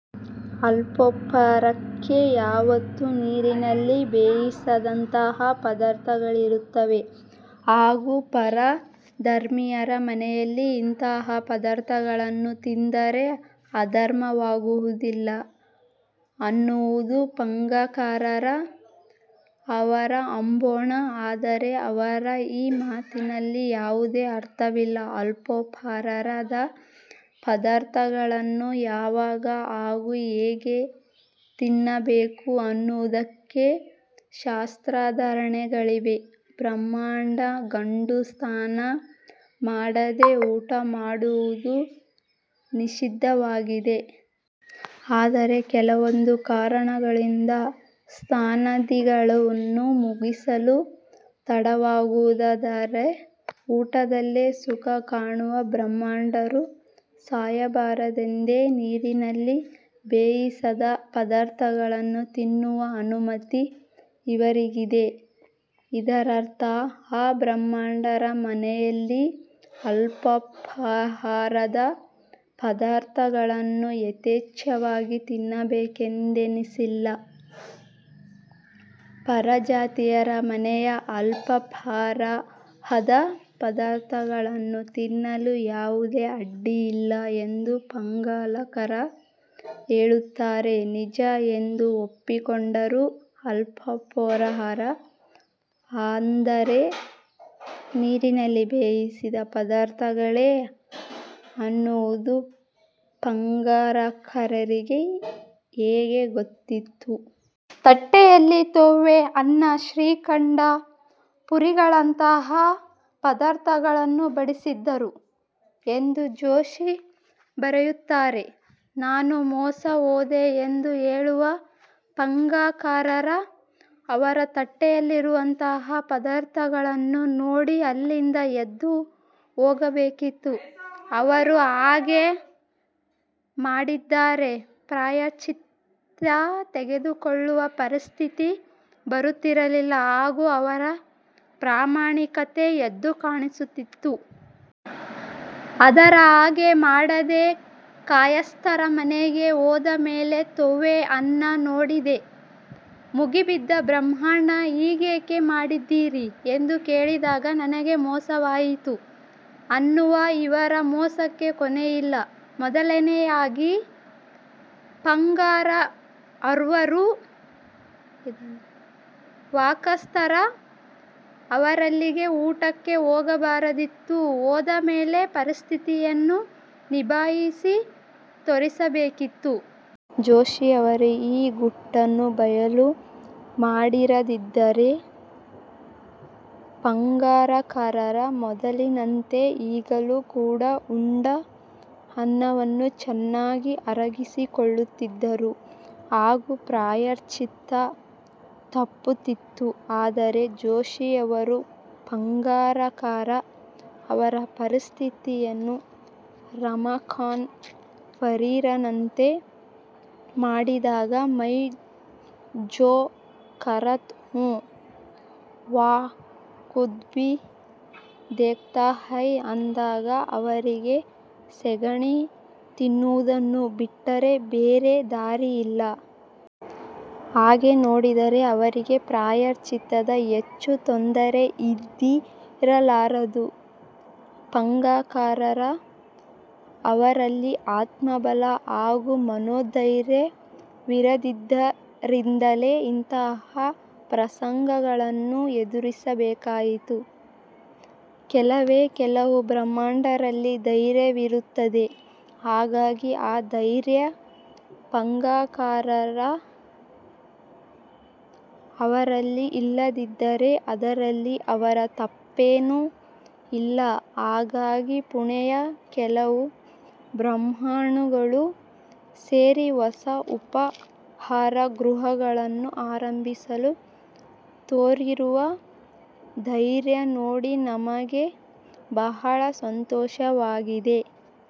ಅಲ್ಪೋಪಾಹಾರಕ್ಕೆ ಯಾವತ್ತೂ ನೀರಿನಲ್ಲಿ ಬೇಯಿಸದಂತಹ ಪದಾರ್ಥಗಳಿರುತ್ತವೆ ಹಾಗೂ ಪರ ಧರ್ಮೀಯರ ಮನೆಯಲ್ಲಿ ಇಂತಹ ಪದಾರ್ಥಗಳನ್ನು ತಿಂದರೆ ಅಧರ್ಮವಾಗುವುದಿಲ್ಲ ಅನ್ನುವುದು ಪಾಂಗಾರಕರ್ ಅವರ ಅಂಬೋಣ. ಆದರೆ ಅವರ ಈ ಮಾತಿನಲ್ಲಿ ಯಾವುದೇ ಅರ್ಥವಿಲ್ಲ. ಅಲ್ಪೋಪಾಹಾರದ ಪದಾರ್ಥಗಳನ್ನು ಯಾವಾಗ ಹಾಗೂ ಹೇಗೆ ತಿನ್ನಬೇಕು ಅನ್ನುವುದಕ್ಕೆ ಶಾಸ್ತ್ರಾಧಾರಗಳಿವೆ. ಬ್ರಾಹ್ಮಣ ಗಂಡು ಸ್ನಾನ ಮಾಡದೆ ಊಟ ಮಾಡುವುದು ನಿಷಿದ್ಧವಾಗಿದೆ. ಅದರೆ ಕೆಲವೊಂದು ಕಾರಣಗಳಿಂದ ಸ್ನಾನಾದಿಗಳನ್ನು ಮುಗಿಸಲು ತಡವಾಗುವುದಾದರೆ ಊಟದಲ್ಲೇ ಸುಖ ಕಾಣುವ ಬ್ರಾಹ್ಮಣರು ಸಾಯಬಾರದೆಂದೇ ನೀರಿನಲ್ಲಿ ಬೇಯಿಸದ ಪದಾರ್ಥಗಳನ್ನು ತಿನ್ನುವ ಅನುಮತಿ ಇವರಿಗಿದೆ. ಇದರರ್ಥ ಅಬ್ರಾಹ್ಮಣರ ಮನೆಯಲ್ಲಿ ಅಲ್ಪೋಪಾಹಾರದ ಪದಾರ್ಥಗಳನ್ನು ಯಥೇಚ್ಛವಾಗಿ ತಿನ್ನಬೇಕೆಂದೇನಿಲ್ಲ. ಪರಜಾತೀಯರ ಮನೆಯ ಅಲ್ಪೋಪಾಹಾರದ ಪದಾರ್ಥಗಳನ್ನು ತಿನ್ನಲು ಯಾವುದೇ ಅಡ್ಡಿಯಿಲ್ಲ ಎಂದು ಪಾಂಗಾರಕರ್ ಹೇಳುವುದನ್ನು ನಿಜ ಎಂದು ಒಪ್ಪಿಕೊಂಡರೂ ಅಲ್ಪೋಪಾಹಾರ ಅಂದರೆ ನೀರಿನಲ್ಲಿ ಬೇಯಿಸದ ಪದಾರ್ಥಗಳೇ ಅನ್ನುವುದು ಪಾಂಗಾರಕರಿಗೆ ಹೇಗೆ ಗೊತ್ತಿತ್ತು? ತಟ್ಟ್ಟೆಯಲ್ಲಿ ತೊವ್ವೆ, ಅನ್ನ, ಶ್ರೀಖಂಡ ಪೂರಿಗಳಂತಹ ಪದಾರ್ಥಗಳನ್ನು ಬಡಿಸಿದ್ದರು ಎಂದು ಜೋಶಿ ಬರೆಯುತ್ತಾರೆ. ನಾನು ಮೋಸ ಹೋದೆ ಎಂದು ಹೇಳುವ ಪಾಂಗಾರಕರ್ ಅವರು ತಟ್ಟೆಯಲ್ಲಿರುವಂತಹ ಪದಾರ್ಥಗಳನ್ನು ನೋಡಿ ಅಲ್ಲಿಂದ ಎದ್ದು ಹೋಗಬೇಕಿತ್ತು. ಅವರು ಹಾಗೆ ಮಾಡಿದ್ದರೆ ಪ್ರಾಯಶ್ಚಿತ್ತ ತೆಗೆದುಕೊಳ್ಳುವ ಪರಿಸ್ಥಿತಿ ಬರುತ್ತಿರಲಿಲ್ಲ ಹಾಗೂ ಅವರ ಪ್ರಾಮಾಣಿಕತೆ ಎದ್ದು ಕಾಣುತ್ತಿತ್ತು. ಆದರೆ ಹಾಗೆ ಮಾಡದೆ ಕಾಯಸ್ಥರ ಮನೆಗೆ ಹೋದ ಮೇಲೆ ತೊವ್ವೆ ಅನ್ನ ನೋಡಿದ್ದೆ ಮುಗಿಬಿದ್ದ ಬ್ರಾಹ್ಮಣ ''ಹೀಗೇಕೆ ಮಾಡಿದಿರಿ'' ಎಂದು ಕೇಳಿದಾಗ ನನಗೆ ಮೋಸವಾಯಿತು ಅನ್ನುವ ಇವರ ಮೋಸಕ್ಕೆ ಕೊನೆಯಿಲ್ಲ. ಮೊದಲನೆಯದಾಗಿ ಪಾಂಗಾರಕರ್ಅವರು ವಾಕಸಕರ್ ಅವರಲ್ಲಿಗೆ ಊಟಕ್ಕೆ ಹೋಗಬಾರದಿತ್ತು. ಹೋದ ಮೇಲೆ ಪರಿಸ್ಥಿತಿಯನ್ನು ನಿಭಾಯಿಸಿ ತೋರಿಸಬೇಕಿತ್ತು. ಜೋಶಿಯವರು ಈ ಗುಟ್ಟನ್ನು ಬಯಲು ಮಾಡಿರದಿದ್ದರೆ ಪಾಂಗಾರಕರ್ ಮೊದಲಿನಂತೆ ಈಗಲೂ ಕೂಡ ಉಂಡ ಅನ್ನವನ್ನು ಚೆನ್ನಾಗಿ ಅರಗಿಸಿಕೊಳ್ಳುತ್ತಿದ್ದರು ಹಾಗೂ ಪ್ರಾಯಶ್ಚಿತ್ತ ತಪ್ಪುತ್ತಿತ್ತು. ಆದರೆ ಜೋಶಿಯವರು ಪಾಂಗಾರಕರ ಅವರ ಸ್ಥಿತಿಯನ್ನು ರಮಝಾನ್ ಫಕೀರನಂತೆ ಮಾಡಿದಾಗ 'ಮೈ ಜೋ ಕರತಾ ಹೂ, ವಹ್ ಖುದಾ ಭೀ ದೇಖತಾ ಹೈ' ಅಂದಾಗ ಇವರಿಗೆ ಸೆಗಣಿ ತಿನುವುದನ್ನು ಬಿಟ್ಟರೆ ಬೇರೆ ದಾರಿಯಿಲ್ಲ. ಹಾಗೆ ನೋಡಿದರೆ ಅವರಿಗೆ ಪ್ರಾಯಶ್ಚಿತ್ತದ ಹೆಚ್ಚು ತೊಂದರೆಯಿದ್ದಿರಲಾರದು. ಪಾಂಗಾರಕರ್ ಅವರಲ್ಲಿ ಆತ್ಮಬಲ ಹಾಗೂ ಮನೋಧೈರ್ಯವಿರದಿದ್ದರಿಂದಲೇ ಇಂತಹ ಪ್ರಸಂಗವನ್ನವರು ಎದುರಿಸಬೇಕಾಯಿತು. ಕೆಲವೇ ಕೆಲವು ಬ್ರಾಹ್ಮಣರಲ್ಲಿ ಧೈರ್ಯವಿರುತ್ತದೆ. ಹಾಗಾಗಿ ಆ ಧೈರ್ಯ ಪಾಂಗಾರಕರ್ ಅವರಲ್ಲಿ ಇಲ್ಲದಿದ್ದರೆ ಅದರಲ್ಲಿ ಅವರ ತಪ್ಪೇನು ಇಲ್ಲ. ಹಗಾಗಿ ಪುಣೆಯ ಕೆಲವು ಬ್ರಾಹ್ಮಣರು ಸೇರಿ ಹೊಸ ಉಪಾಹಾರಗೃಹವನ್ನು ಆರಂಭಿಸಲು ತೋರಿರುವ ಧೈರ್ಯ ನೋಡಿ ನಮಗೆ ಬಹಳ ಸಂತೋಷವಾಗಿದೆ.